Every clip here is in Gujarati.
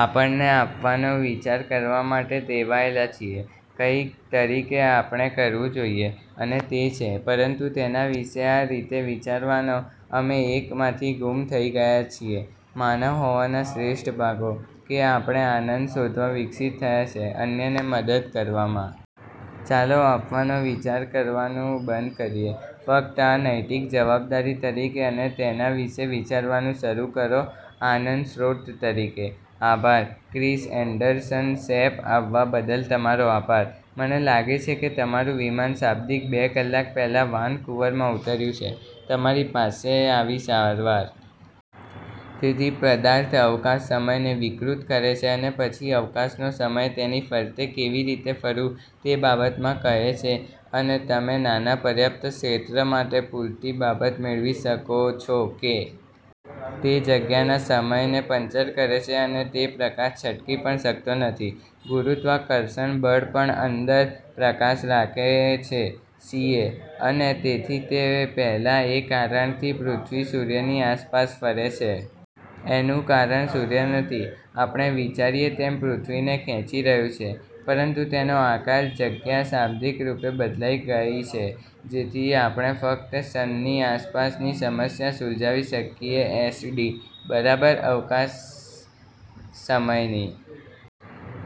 આપણને આપવાનો વિચાર કરવા માટે ટેવાયેલા છીએ કંઈક તરીકે આપણે કરવું જોઈએ. અને તે છે. પરંતુ તેના વિશે આ રીતે વિચારવાનો, અમે એકમાંથી ગુમ થઈ ગયા છીએ માનવ હોવાના શ્રેષ્ઠ ભાગો: કે આપણે આનંદ શોધવા વિકસિત થયા છે અન્યને મદદ કરવામાં. ચાલો આપવાનો વિચાર કરવાનું બંધ કરીએ ફક્ત આ નૈતિક જવાબદારી તરીકે અને તેના વિશે વિચારવાનું શરૂ કરો આનંદ સ્ત્રોત તરીકે. આભાર. ક્રિસ એન્ડરસન: શેપ, આવવા બદલ તમારો આભાર. મને લાગે છે કે તમારું વિમાન શાબ્દિક બે કલાક પહેલા વાનકુવરમાં ઉતર્યું છે તમારી પાસે આવી સારવાર. તેથી, પદાર્થ અવકાશ-સમયને વિકૃત કરે છે, અને પછી અવકાશ નો સમય તેની ફરતે કેવી રીતે ફરવું તે બાબત માં કહે છે અને। તમે નાના પર્યાપ્ત ક્ષેત્ર માટે પૂરતી બાબત મેળવી શકો છો કે તે જગ્યાના સમયને પંચર કરે છે, અને તે પ્રકાશ છટકી પણ શકતો નથી, ગુરુત્વાકર્ષણ બળ પણ અંદર પ્રકાશ રાખે છે સીએ: અને તેથી, તે પહેલાં, એ કારણ થી પૃથ્વી સૂર્યની આસપાસ ફરે છે એનું કારણ સૂર્ય નથી આપણે વિચારીએ તેમ પૃથ્વીને ખેંચી રહ્યું છે, પરંતુ તેનો આકાર જગ્યા શાબ્દિક રૂપે બદલાઈ ગઈ છે જેથી આપણે ફક્ત સન ની આસપાસ ની સમસ્યા સુલઝાવી શકીએ એસડી: બરાબર, અવકાશ-સમયની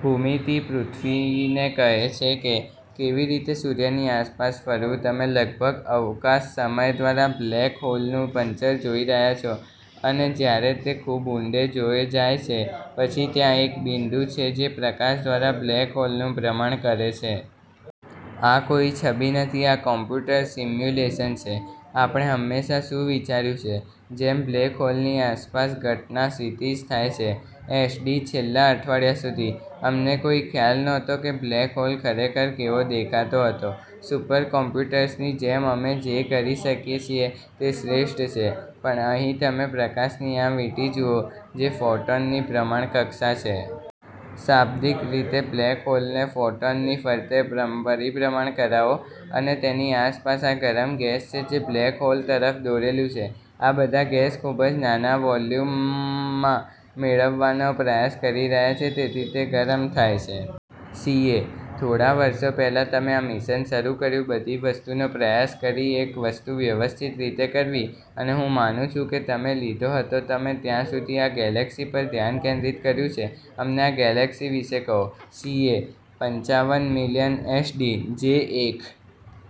ભૂમિતિ પૃથ્વીને કહે છે કે કેવી રીતે સૂર્ય ની આસપાસ ફરવું તમે લગભગ અવકાશ-સમય દ્વારા બ્લેક હોલ નું પંચર જોઈ રહ્યા છો અને જ્યારે તે ખૂબ ઉંડે જોડે જાય છે, પછી ત્યાં એક બિંદુ છે જે પ્રકાશ દ્વારા બ્લેક હોલનું ભ્રમણ કરે છે. આ કોઈ છબી નથી, આ કમ્પ્યુટર સિમ્યુલેશન છે આપણે હંમેશાં શું વિચાર્યું છે, જેમ, બ્લેક હોલ ની આસપાસ ઘટના ક્ષિતિજ થાય છે એસડી: છેલ્લા અઠવાડિયા સુધી, અમને કોઈ ખ્યાલ નહોતો કે બ્લેક હોલ ખરેખર કેવો દેખાતો હતો સુપર કોમ્પ્યુટર્સની જેમ અમે જે કરી શકીએ છીએ તે શ્રેષ્ઠ છે પણ અહીં તમે પ્રકાશની આ વીંટી જુઓ, જે ફોટોન ની ભ્રમણકક્ષા છે. શાબ્દિક રીતે બ્લેક હોલ ને ફોટોન ની ફરતે પરિભ્રમણ કરાવો અને તેની આસપાસ આ ગરમ ગેસ છે જે બ્લેક હોલ તરફ દોરેલું છે, આ બધા ગેસ ખૂબ જ નાના વોલ્યુમમાં મેળવવાનો પ્રયાસ કરી રહ્યા છે તેથી તે ગરમ થાય છે. સીએ: થોડા વર્ષો પહેલા, તમે આ મિશન શરૂ કર્યું બધી વસ્તુ નો પ્રયાસ કરી એક વસ્તુ વ્યવસ્થિત રીતે કરવી અને હું માનું છું કે તમે લીધો હતો તમે ત્યાં આ ગેલેક્સી પર ધ્યાન કેન્દ્રિત કર્યું છે અમને આ ગેલેક્સી વિશે કહો. સીએ: પંચાવન મિલિયન. એસડી: જે એક